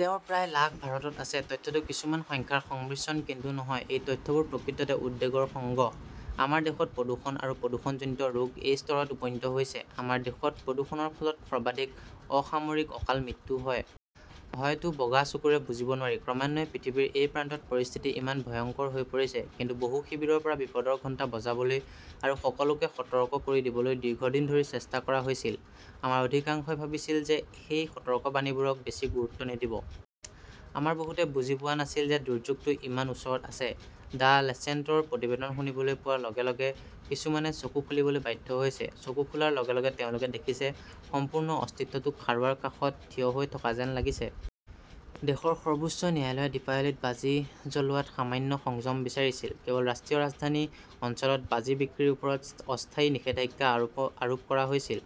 তেওঁৰ প্ৰায় লাখ ভাৰতত আছে। তথ্যটো কিছুমান সংখ্যাৰ সংমিশ্ৰণ কিন্তু নহয়। এই তথ্যবোৰ প্ৰকৃততে উদ্বেগৰ সংগ্ৰহ। আমাৰ দেশত প্ৰদূষণ আৰু প্ৰদূষণজনিত ৰোগ এই স্তৰত উপনীত হৈছে! আমাৰ দেশত প্ৰদূষণৰ ফলত সৰ্বাধিক অসামৰিক অকাল মৃত্যু হয়! হয়তো বগা চকুৰে বুজিব নোৱাৰি, ক্ৰমান্বয়ে পৃথিৱীৰ এই প্ৰান্তত পৰিস্থিতি ইমান ভয়ংকৰ হৈ পৰিছে। কিন্তু বহু শিবিৰৰ পৰা বিপদৰ ঘণ্টা বজাবলৈ আৰু সকলোকে সতৰ্ক কৰি দিবলৈ দীৰ্ঘদিন ধৰি চেষ্টা কৰা হৈছিল। আমাৰ অধিকাংশই ভাবিছিল যে সেই সতৰ্কবাণীবোৰক বেছি গুৰুত্ব নিদিব। আমাৰ বহুতে বুজি পোৱা নাছিল যে দুৰ্যোগটো ইমান ওচৰত আছে। দ্য লেঞ্চেটৰ প্ৰতিবেদন শুনিবলৈ পোৱাৰ লগে লগে কিছুমানে চকু খুলিবলৈ বাধ্য হৈছে। চকু খোলাৰ লগে লগে তেওঁলোকে দেখিছে, সম্পূৰ্ণ অস্তিত্বটো খাৰুৱাৰ কাষত থিয় হৈ থকা যেন লাগিছে। দেশৰ সৰ্বোচ্চ ন্যায়ালয়ে দীপাৱলীত বাজি জ্বলোৱাত সামান্য সংযম বিচাৰিছিল। কেৱল ৰাষ্ট্ৰীয় ৰাজধানী অঞ্চলত বাজি বিক্ৰীৰ ওপৰত অস্থায়ী নিষেধাজ্ঞা আৰোপ কৰা হৈছিল।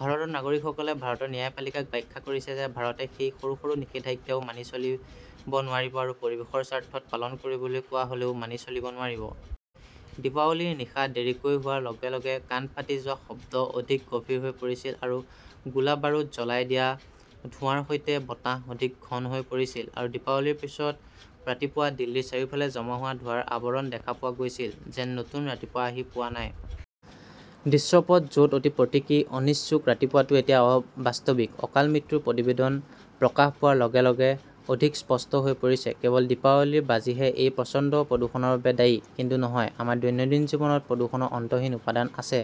ভাৰতৰ নাগৰিকসকলে ভাৰতৰ ন্যায়পালিকাক ব্যাখ্যা কৰিছে যে ভাৰতে সেই সৰু সৰু নিষেধাজ্ঞাও মানি চলিব নোৱাৰিব আৰু পৰিৱেশৰ স্বাৰ্থত পালন কৰিবলৈ কোৱা হ "লেও মানি চলিব নোৱাৰিব। দীপাৱলীৰ নিশা দেৰিকৈ হোৱাৰ লগে লগে কাণ ফাটি যোৱাৰ শব্দ অধিক গভীৰ হৈ পৰিছিল, আৰু গোলা-বাৰুদ জ্বলাই দিয়া ধোঁৱাৰ সৈতে বতাহ অধিক ঘন হৈ পৰিছিল। আৰু দীপাৱলীৰ পিছৰ ৰাতিপুৱা দিল্লীৰ চাৰিওফালে জমা হোৱা ধোঁৱাৰ আৱৰণ দেখা পোৱা গৈছিল, যেন নতুন ৰাতিপুৱা আহি পোৱা নাই। দৃশ্যপট য 'ত অতি প্ৰতীকী, অনিচ্ছুক ৰাতিপুৱাটো এতিয়া বাস্তৱিক, অকাল মৃত্যুৰ প্ৰতিবেদন প্ৰকাশ পোৱাৰ লগে লগে অধিক স্পষ্ট হৈ পৰিছে। কেৱল দীপাৱলীৰ বাজিহে এই প্ৰচণ্ড প্ৰদূষণৰ বাবে দায়ী, কিন্তু নহয়। আমাৰ দৈনন্দিন জীৱনত প্ৰদূষণৰ অন্তহীন উপাদান আছে।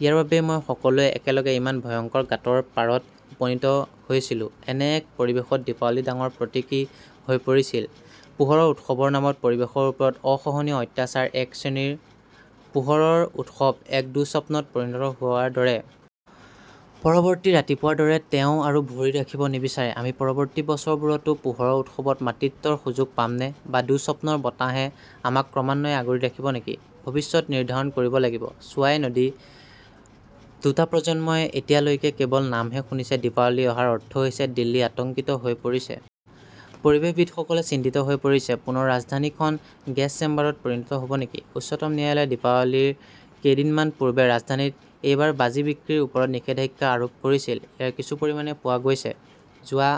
ইয়াৰ বাবেই মই সকলোৱে একেলগে ইমান ভয়ংকৰ গাঁতৰ পাৰত উপনীত হৈছিলো। এনে এক পৰিৱেশত দীপাৱলী ডাঙৰ প্ৰতীকী হৈ পৰিছিল। পোহৰৰ উৎসৱৰ নামত পৰিৱেশৰ ওপৰত অসহনীয় অত্যাচাৰ এক শ্ৰেণীৰ। পোহৰৰ উৎসৱ এক দুঃস্বপ্নত পৰিণত হোৱাৰ দৰে। পৰৱৰ্তী ৰাতিপুৱাৰ দৰে তেওঁ আৰু ভৰি ৰাখিব নিবিচাৰে। আমি পৰৱৰ্তী বছৰবোৰতো পোহৰৰ উৎসৱত মাতৃত্বৰ সুযোগ পামনে? বা দুঃস্বপ্নৰ বতাহে আমাক ক্ৰমান্বয়ে আগুৰি ৰাখিব নেকি? ভৱিষ্যত নিৰ্ধাৰণ কৰিব লাগিব। ছোৱাই নদীঃ দুটা প্ৰজন্মই এতিয়ালৈকে কেৱল নামহে শুনিছে দীপাৱলী অহাৰ অৰ্থ হৈছে দিল্লী আতংকিত হৈ পৰিছে। পৰিৱেশবিদসকলে চিন্তিত হৈ পৰিছে। পুনৰ ৰাজধানীখন গেছ চেম্বাৰত পৰিণত হ "ব নেকি? উচ্চতম ন্যায়ালয়ে দীপাৱলীৰ কেইদিনমান পূৰ্বে ৰাজধানীত এইবাৰ বাজি বিক্ৰীৰ ওপৰত নিষেধাজ্ঞা আৰোপ কৰিছিল। ইয়াৰ কিছু পৰিণাম পোৱা গৈছে। যোৱা